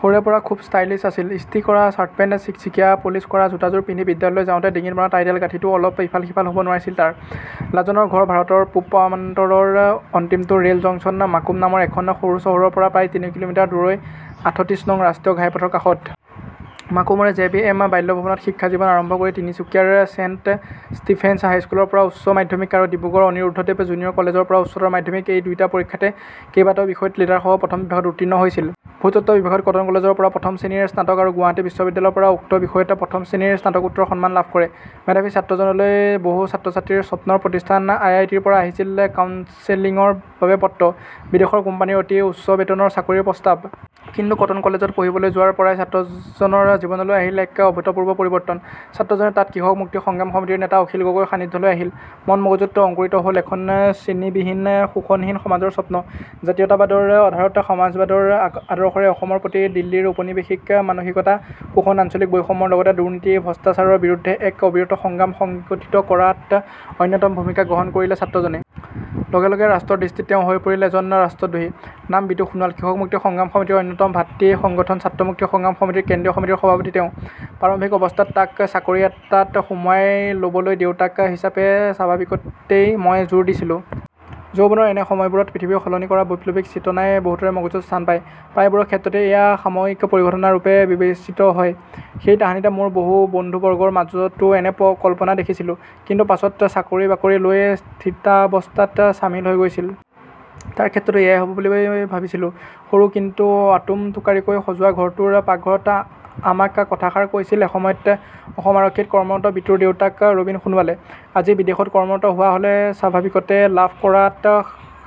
সৰুৰে পৰা খুব ষ্টাইলিচ্ আছিল। ইষ্ট্ৰি কৰা ছাৰ্টপেণ্ট চিকচিকিয়া পলিচ কৰা জোতাযোৰ পিন্ধি বিদ্যালয়লৈ যাওঁতে ডিঙিত মৰা টাইডাল গাঁঠিটোও অলপ ইফাল সিফাল হ'ব নোৱাৰিছিল তাৰ। লাজনৰ ঘৰ ভাৰতৰ পূব প্ৰান্তৰৰ অন্তিমটো ৰেল জংচন মাকুম নামৰ এখন সৰু চহৰৰ পৰা প্ৰায় তিনি কিঃ মিঃ দূৰৈৰ আঠত্ৰিশ নং ৰাষ্ট্ৰীয় ঘাইপথৰ কাষত। মাকুমৰে জে বি এম বাল্যভৱনত শিক্ষা জীৱন আৰম্ভ কৰি তিনিচুকীয়াৰ চেণ্ট ষ্টিফেন্স হাইস্কুলৰ পৰা উচ্চ মাধ্যমিক আৰু ডিব্ৰুগড়ৰ অনিৰুদ্ধদেৱ জুনিয়ৰ কলেজৰ পৰা উচ্চতৰ মাধ্যমিক এই দুয়োটা পৰীক্ষাতে কেইবাটাও বিষয়ত লেটাৰসহ প্ৰথম বিভাগত উত্তীৰ্ণ হৈছিল। ভূতত্ব বিভাগত কটন কলেজৰ পৰা প্ৰথম শ্ৰেণীৰ স্নাতক আৰু গুৱাহাটী বিশ্ববিদ্যালয়ৰ পৰা উক্ত বিষয়তে প্ৰথম শ্ৰেণীৰ স্নাতকোত্তৰ সন্মান লাভ কৰে। মেধাৱী ছাত্ৰজনলৈ বহু ছাত্ৰ-ছাত্ৰীৰ স্বপ্নৰ প্ৰতিষ্ঠান আই আই টিৰ পৰা আহিছিল কাউঞ্চেলিঙৰ বাবে পত্ৰ, বিদেশৰ কোম্পানীৰ অতি উচ্চ বেতনৰ চাকৰিৰ প্ৰস্তাৱ। কিন্তু কটন কলেজত পঢ়িবলৈ যোৱাৰ পৰাই ছাত্ৰজনৰ জীৱনলৈ আহিছিল এক অভূতপূৰ্ব পৰিৱৰ্তন। ছাত্ৰজনে তাত কৃষক মুক্তি সংগ্ৰাম সমিতিৰ নেতা অখিল গগৈৰ সান্নিধ্যলৈ আহিল। মন‌ মগজুত অংকুৰিত হ'ল এখন শ্ৰেণীবিহীন শোষণহীন সমাজৰ স্বপ্ন। জাতীয়তাবাদৰ আধাৰত সমাজবাদৰ আদৰ্শৰে অসমৰ প্ৰতি দিল্লীৰ উপনিৱেশিক মানসিকতা শোষণ আঞ্চলিক বৈষম্যৰ লগতে দুৰ্নীতি ভ্ৰষ্টাচাৰৰ বিৰুদ্ধে এক অবিৰত সংগ্ৰাম সংগঠিত কৰাত অন্যতম ভূমিকা গ্ৰহণ কৰিলে ছাত্ৰজনে। লগে লগে ৰাষ্ট্ৰৰ দৃষ্টিত তেওঁ হৈ পৰিল এজন ৰাষ্ট্ৰদ্ৰোহী। নাম বিতু সোণোৱাল। কৃষক মুক্তি সংগ্ৰাম সমিতিৰ অন্যতম ভাতৃ সংগঠন ছাত্ৰ মুক্তি সংগ্ৰাম সমিতিৰ কেন্দ্ৰীয় সমিতিৰ সভাপতি তেওঁ।‌ প্ৰাৰম্ভিক অৱস্থাত তাক চাকৰি এটাত সোমাই ল'বলৈ দেউতাক হিচাপে স্বাভাৱিকতেই মই জোৰ দিছিলো। যৌৱনৰ এনে সময়বোৰত পৃথিৱী সলনি কৰাৰ বৈপ্লৱিক চেতনাই বহুতৰে মগজুত স্থান পায়। প্ৰায়বোৰৰ ক্ষেত্ৰতেই এয়া সাময়িক পৰিঘটনা ৰূপে বিবেচিত হয়। সেই তাহানিতে মোৰ বহু বন্ধু বৰ্গৰ মাজতো এনে কল্পনা দেখিছিলো।‌ কিন্তু পাছত চাকৰি বাকৰি লৈ স্থিতাৱস্থাত চামিল হৈ গৈছিল। তাৰ ক্ষেত্ৰতো এয়াই হ'ব বুলি ভাবিছিলো। সৰু কিন্তু আটোমটোকাৰিকৈ সজোৱা ঘৰটোৰ পাকঘৰত আমাক কথাষাৰ কৈছিল এসময়ত অসম আৰক্ষীত কৰ্মৰত বিতুৰ দেউতাক ৰবীন সোণোৱালে। আজি বিদেশত কৰ্মৰত হোৱা হ'লে স্বাভাৱিকতে লাভ কৰাত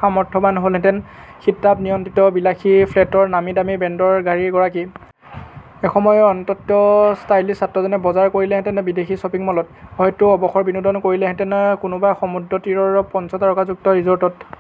সামৰ্থৱান হলহেঁতেন শীত-তাপ নিয়ন্ত্ৰিত বিলাসী ফ্লেটৰ নামী দামী ব্ৰেণ্ডৰ গাড়ীৰ গৰাকী। এসময়ৰ অত্যন্ত ষ্টাইলিচ্ ছাত্ৰজনে বজাৰ কৰিলেহেঁতেন বিদেশী শ্বপিং মলত। হয়তো অৱসৰবিনোদন কৰিলেহেঁতেন কোনোবা সমুদ্ৰতীৰৰ পঞ্চতাৰকাযুক্ত ৰিজৰ্টত।